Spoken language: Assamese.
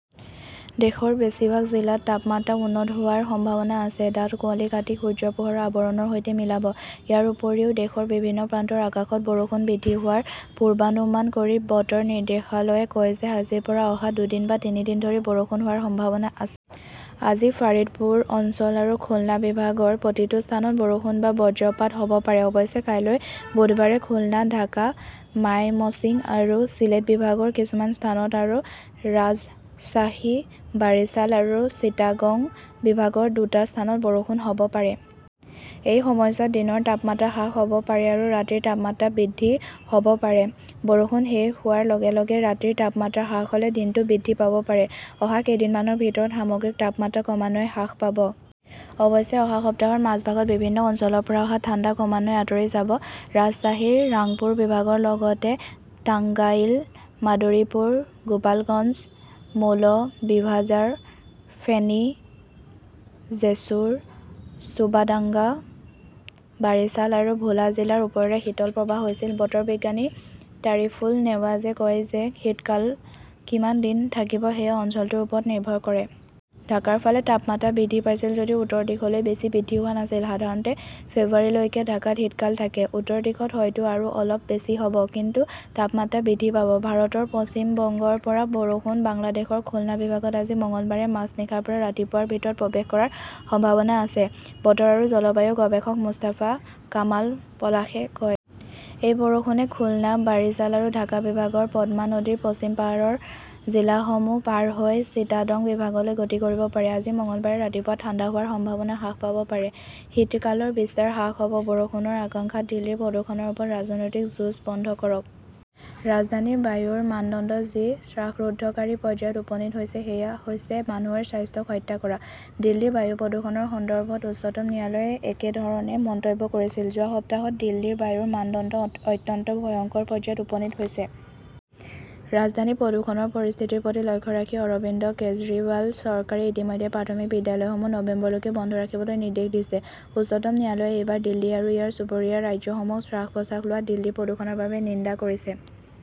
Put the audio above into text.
দেশৰ বেছিভাগ জিলাত তাপমাত্ৰা উন্নত হোৱাৰ সম্ভাৱনা আছে। ডাঠ কুঁৱলী কাটি সূৰ্যৰ পোহৰৰ আৱৰণৰ সৈতে মিলাব। ইয়াৰ উপৰিও, দেশৰ বিভিন্ন প্ৰান্তৰ আকাশত বৰষুণ বৃদ্ধি হোৱাৰ পূৰ্বানুমান কৰি বতৰ নিৰ্দেশালয়ে কয় যে আজিৰ পৰা অহা দুদিন বা তিনি দিন ধৰি বৰষুণ হোৱাৰ সম্ভাৱনা আছে। আজি ফাৰিদপুৰ অঞ্চল আৰু খুলনা বিভাগৰ প্ৰতিটো স্থানত বৰষুণ বা বজ্ৰপাত হʼব পাৰে। অৱশ্যে, কাইলৈ বুধবাৰে খুলনা, ঢাকা, মাইমশ্বিং আৰু চিলেট বিভাগৰ কিছুমান স্থানত আৰু ৰাজশ্বাহী, বাৰিছাল আৰু চিটাগং বিভাগৰ দুটা স্থানত বৰষুণ হ 'ব পাৰে। এই সময়ছোৱাত দিনৰ তাপমাত্ৰা হ্ৰাস হʼব পাৰে আৰু ৰাতিৰ তাপমাত্ৰা বৃদ্ধি হʼ ব পাৰে। বৰষুণ শেষ হোৱাৰ লগে লগে ৰাতিৰ তাপমাত্ৰা হ্ৰাস হʼলে দিনটো বৃদ্ধি পাব পাৰে। অহা কেইদিনমানৰ ভিতৰত সামগ্ৰিক তাপমাত্ৰা ক্ৰমান্বয়ে হ্ৰাস পাব। অৱশ্যে, অহা সপ্তাহৰ মাজভাগত বিভিন্ন অঞ্চলৰ পৰা অহা ঠাণ্ডা ক্ৰমান্বয়ে আঁতৰি যাব পাৰে। ৰাজশ্বাহী, ৰাংপুৰ বিভাগৰ লগতে টাঙ্গাইল, মাদৰীপুৰ, গোপালগঞ্জ, মৌলভিবাজাৰ, ফেনী, জেছোৰ, চুবাদাঙ্গা, বাৰিছাল আৰু ভোলা জিলাৰ ওপৰেৰে শীতল প্ৰৱাহ হৈছিল। বতৰ বিজ্ঞানী তাৰিফুল নেৱাজে কয় যে শীতকাল কিমান দিন থাকিব সেয়া অঞ্চলটোৰ ওপৰত নিৰ্ভৰ কৰে। ঢাকাৰ ফালে তাপমাত্ৰা বৃদ্ধি পাইছিল যদিও উত্তৰ দিশলৈ বেছি বৃদ্ধি হোৱা নাছিল। সাধাৰণতে ফেব্ৰুৱাৰীলৈকে ঢাকাত শীতকাল থাকে। উত্তৰ দিশত হয়তো আৰু অলপ বেছি হʼব। কিন্তু তাপমাত্ৰা বৃদ্ধি পাব। ভাৰতৰ পশ্চিম বংগৰ পৰা বৰষুণ বাংলাদেশৰ খুলনা বিভাগত আজি মঙলবাৰে মাজনিশাৰ পৰা ৰাতিপুৱাৰ ভিতৰত প্ৰৱেশ কৰাৰ সম্ভাৱনা আছে, বতৰ আৰু জলবায়ু গৱেষক মুস্তাফা কামাল পলাশে কয়। এই বৰষুণে খুলনা, বাৰিছাল আৰু ঢাকা বিভাগৰ পদ্মা নদীৰ পশ্চিম পাৰৰ জিলাসমূহ পাৰ হৈ চিটাডং বিভাগলৈ গতি কৰিব পাৰে। আজি মঙলবাৰে ৰাতিপুৱা ঠাণ্ডা হোৱাৰ সম্ভাৱনা হ্ৰাস পাব পাৰে। শীতকালৰ বিস্তাৰ হ্ৰাস হ 'ব, বৰষুণৰ আশংকা দিল্লীৰ প্ৰদূষণৰ ওপৰত ৰাজনৈতিক যুঁজ বন্ধ কৰক। ৰাজধানীৰ বায়ুৰ মানদণ্ড যি শ্বাসৰুদ্ধকাৰী পৰ্যায়ত উপনীত হৈছে সেয়া হৈছে মানুহৰ স্বাস্থ্যক হত্যা কৰা। দিল্লীৰ বায়ু প্ৰদূষণৰ সন্দৰ্ভত উচ্চতম ন্যায়ালয়ে একেধৰনে মন্তব্য কৰিছিল। যোৱা সপ্তাহত দিল্লীৰ বায়ুৰ মানদণ্ড অত্যন্ত ভয়ংকৰ পৰ্যায়ত উপনীত হৈছে। ৰাজধানীৰ প্ৰদূষণৰ পৰিস্থিতিৰ প্ৰতি লক্ষ্য ৰাখি অৰবিন্দ কেজৰিৱাল চৰকাৰে ইতিমধ্যে প্ৰাথমিক বিদ্যালয়সমূহ নৱেম্বৰলৈকে বন্ধ ৰাখিবলৈ নিৰ্দেশ দিছে। উচ্চতম ন্যায়ালয়ে এইবাৰ দিল্লী আৰু ইয়াৰ চুবুৰীয়া ৰাজ্যসমূহক শ্বাস-প্ৰশ্বাস লোৱা দিল্লীৰ প্ৰদূষণৰ বাবে নিন্দা কৰিছে।